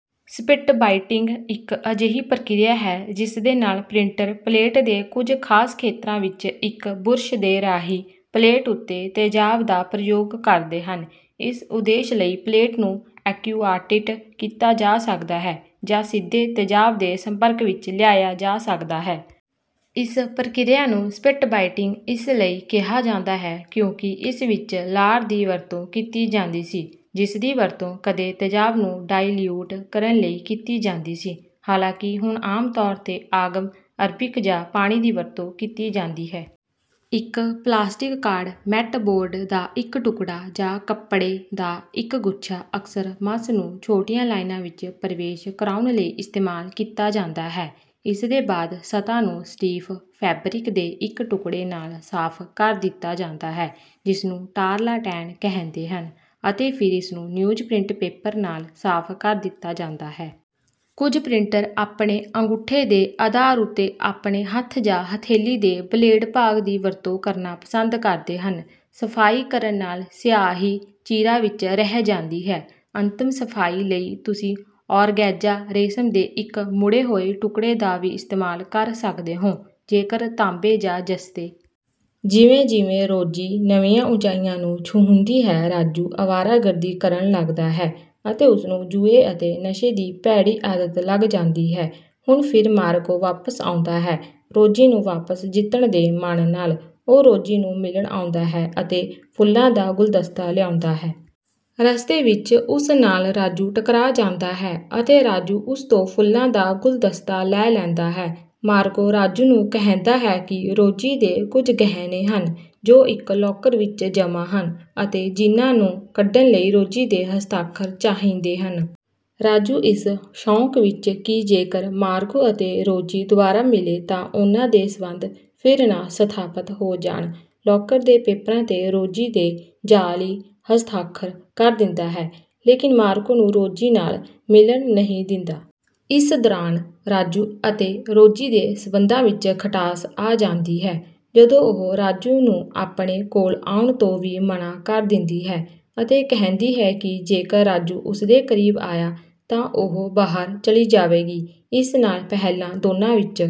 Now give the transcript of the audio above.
Spit biting ਇੱਕ ਅਜਿਹੀ ਪ੍ਰਕਿਰਿਆ ਹੈ, ਜਿਸਦੇ ਨਾਲ ਪ੍ਰਿੰਟਰ ਪਲੇਟ ਦੇ ਕੁਝ ਖਾਸ ਖੇਤਰਾਂ ਵਿੱਚ ਇੱਕ ਬੁਰਸ਼ ਦੇ ਰਾਹੀਂ ਪਲੇਟ ਉੱਤੇ ਤੇਜ਼ਾਬ ਦਾ ਪ੍ਰਯੋਗ ਕਰਦੇ ਹਨ। ਇਸ ਉਦੇਸ਼ ਲਈ ਪਲੇਟ ਨੂੰ ਐਕੁਆਟਿੰਟ ਕੀਤਾ ਜਾ ਸਕਦਾ ਹੈ, ਜਾਂ ਸਿੱਧੇ ਤੇਜ਼ਾਬ ਦੇ ਸੰਪਰਕ ਵਿੱਚ ਲਿਆਇਆ ਜਾ ਸਕਦਾ ਹੈ। ਇਸ ਪ੍ਰਕਿਰਿਆ ਨੂੰ ਸਪਿਟ-ਬਾਇਟਿੰਗ ਇਸ ਲਈ ਕਿਹਾ ਜਾਂਦਾ ਹੈ, ਕਿਉਂਕਿ ਇਸ ਵਿੱਚ ਲਾਰ ਦੀ ਵਰਤੋਂ ਕੀਤੀ ਜਾਂਦੀ ਸੀ, ਜਿਸਦੀ ਵਰਤੋਂ ਕਦੇ ਤੇਜ਼ਾਬ ਨੂੰ ਡਾਇਲਿਊਟ ਕਰਨ ਲਈ ਕੀਤੀ ਜਾਂਦੀ ਸੀ, ਹਾਲਾਂਕਿ ਹੁਣ ਆਮ ਤੌਰ 'ਤੇ ਆਗਮ ਅਰਬਿਕ ਜਾਂ ਪਾਣੀ ਦੀ ਵਰਤੋਂ ਕੀਤੀ ਜਾਂਦੀ ਹੈ। ਇੱਕ ਪਲਾਸਟਿਕ ਕਾਰਡ, ਮੈਟ ਬੋਰਡ ਦਾ ਇੱਕ ਟੁਕੜਾ, ਜਾਂ ਕੱਪੜੇ ਦਾ ਇੱਕ ਗੁੱਛਾ ਅਕਸਰ ਮੱਸ ਨੂੰ ਛੋਟੀਆਂ ਲਾਈਨਾਂ ਵਿੱਚ ਪ੍ਰਵੇਸ਼ ਕਰਾਉਣ ਲਈ ਇਸਤੇਮਾਲ ਕੀਤਾ ਜਾਂਦਾ ਹੈ। ਇਸਦੇ ਬਾਅਦ ਸਤ੍ਹਾ ਨੂੰ ਸਟੀਫ ਫੈਬਰਿਕ ਦੇ ਇੱਕ ਟੁਕੜੇ ਨਾਲ ਸਾਫ਼ ਕਰ ਦਿੱਤਾ ਜਾਂਦਾ ਹੈ, ਜਿਸਨੂੰ ਟਾਰਲਾਟੈਨ ਕਹਿੰਦੇ ਹਨ, ਅਤੇ ਫਿਰ ਇਸਨੂੰ ਨਿਊਜ਼ਪ੍ਰਿੰਟ ਪੇਪਰ ਨਾਲ ਸਾਫ਼ ਕਰ ਦਿੱਤਾ ਜਾਂਦਾ ਹੈ। ਕੁਝ ਪ੍ਰਿੰਟਰ ਆਪਣੇ ਅੰਗੂਠੇ ਦੇ ਆਧਾਰ ਉੱਤੇ, ਆਪਣੇ ਹੱਥ ਜਾਂ ਹਥੇਲੀ ਦੇ ਬਲੇਡ ਭਾਗ ਦੀ ਵਰਤੋਂ ਕਰਨਾ ਪਸੰਦ ਕਰਦੇ ਹਨ। ਸਫਾਈ ਕਰਨ ਨਾਲ ਸਿਆਹੀ ਚੀਰਾਂ ਵਿੱਚ ਰਹਿ ਜਾਂਦੀ ਹੈ। ਅੰਤਮ ਸਫਾਈ ਲਈ ਤੁਸੀਂ ਓਰਗੈਂਜਾ ਰੇਸ਼ਮ ਦੇ ਇੱਕ ਮੁੜੇ ਹੋਏ ਟੁਕੜੇ ਦਾ ਵੀ ਇਸਤੇਮਾਲ ਕਰ ਸਕਦੇ ਹੋ, ਜੇਕਰ ਤਾਂਬੇ ਜਾਂ ਜ਼ਸਤੇ। ਜਿਵੇਂ-ਜਿਵੇਂ ਰੋਜੀ ਨਵੀਆਂ ਉੱਚਾਈਆਂ ਨੂੰ ਛੂਹਦੀ ਹੈ, ਰਾਜੂ ਆਵਾਰਾਗਰਦੀ ਕਰਨ ਲੱਗਦਾ ਹੈ ਅਤੇ ਉਸਨੂੰ ਜੂਏ ਅਤੇ ਨਸ਼ੇ ਦੀ ਭੈੜੀ ਆਦਤ ਲੱਗ ਜਾਂਦੀ ਹੈ। ਹੁਣ ਫਿਰ ਮਾਰਕੋ ਵਾਪਸ ਆਉਂਦਾ ਹੈ। ਰੋਜੀ ਨੂੰ ਵਾਪਸ ਜਿੱਤਣ ਦੇ ਮਨ ਨਾਲ, ਉਹ ਰੋਜੀ ਨੂੰ ਮਿਲਣ ਆਉਂਦਾ ਹੈ ਅਤੇ ਫੁੱਲਾਂ ਦਾ ਗੁਲਦਸਤਾ ਲਿਆਉਂਦਾ ਹੈ। ਰਸਤੇ ਵਿੱਚ ਉਸ ਨਾਲ ਰਾਜੂ ਟਕਰਾ ਜਾਂਦਾ ਹੈ ਅਤੇ ਰਾਜੂ ਉਸ ਤੋਂ ਫੁੱਲਾਂ ਦਾ ਗੁਲਦਸਤਾ ਲੈ ਲੈਂਦਾ ਹੈ। ਮਾਰਕੋ ਰਾਜੂ ਨੂੰ ਕਹਿੰਦਾ ਹੈ ਕਿ ਰੋਜੀ ਦੇ ਕੁਝ ਗਹਿਣੇ ਹਨ ਜੋ ਇੱਕ ਲੋਕਰ ਵਿੱਚ ਜਮ੍ਹਾਂ ਹਨ ਅਤੇ ਜਿਨ੍ਹਾਂ ਨੂੰ ਕੱਢਣ ਲਈ ਰੋਜੀ ਦੇ ਹਸਤਾਖਰ ਚਾਹੀਦੇ ਹਨ। ਰਾਜੂ, ਇਸ ਸ਼ੌਂਕ ਵਿੱਚ ਕਿ ਜੇਕਰ ਮਾਰਕੋ ਅਤੇ ਰੋਜੀ ਦੁਬਾਰਾ ਮਿਲੇ ਤਾਂ ਉਨ੍ਹਾਂ ਦੇ ਸਬੰਧ ਫਿਰ ਨਾ ਸਥਾਪਤ ਹੋ ਜਾਣ, ਲੋਕਰ ਦੇ ਪੇਪਰਾਂ 'ਤੇ ਰੋਜੀ ਦੇ ਜਾਅਲੀ ਹਸਤਾਖਰ ਕਰ ਦਿੰਦਾ ਹੈ, ਲੇਕਿਨ ਮਾਰਕੋ ਨੂੰ ਰੋਜੀ ਨਾਲ ਮਿਲਣ ਨਹੀਂ ਦਿੰਦਾ। ਇਸ ਦੌਰਾਨ ਰਾਜੂ ਅਤੇ ਰੋਜੀ ਦੇ ਸਬੰਧਾਂ ਵਿੱਚ ਖਟਾਸ ਆ ਜਾਂਦੀ ਹੈ, ਜਦੋਂ ਉਹ ਰਾਜੂ ਨੂੰ ਆਪਣੇ ਕੋਲ ਆਉਣ ਤੋਂ ਵੀ ਮਨਾ ਕਰ ਦਿੰਦੀ ਹੈ ਅਤੇ ਕਹਿੰਦੀ ਹੈ ਕਿ ਜੇਕਰ ਰਾਜੂ ਉਸਦੇ ਕਰੀਬ ਆਇਆ ਤਾਂ ਉਹ ਬਾਹਰ ਚਲੀ ਜਾਵੇਗੀ। ਇਸ ਨਾਲ ਪਹਿਲਾਂ ਦੋਨਾਂ ਵਿੱਚ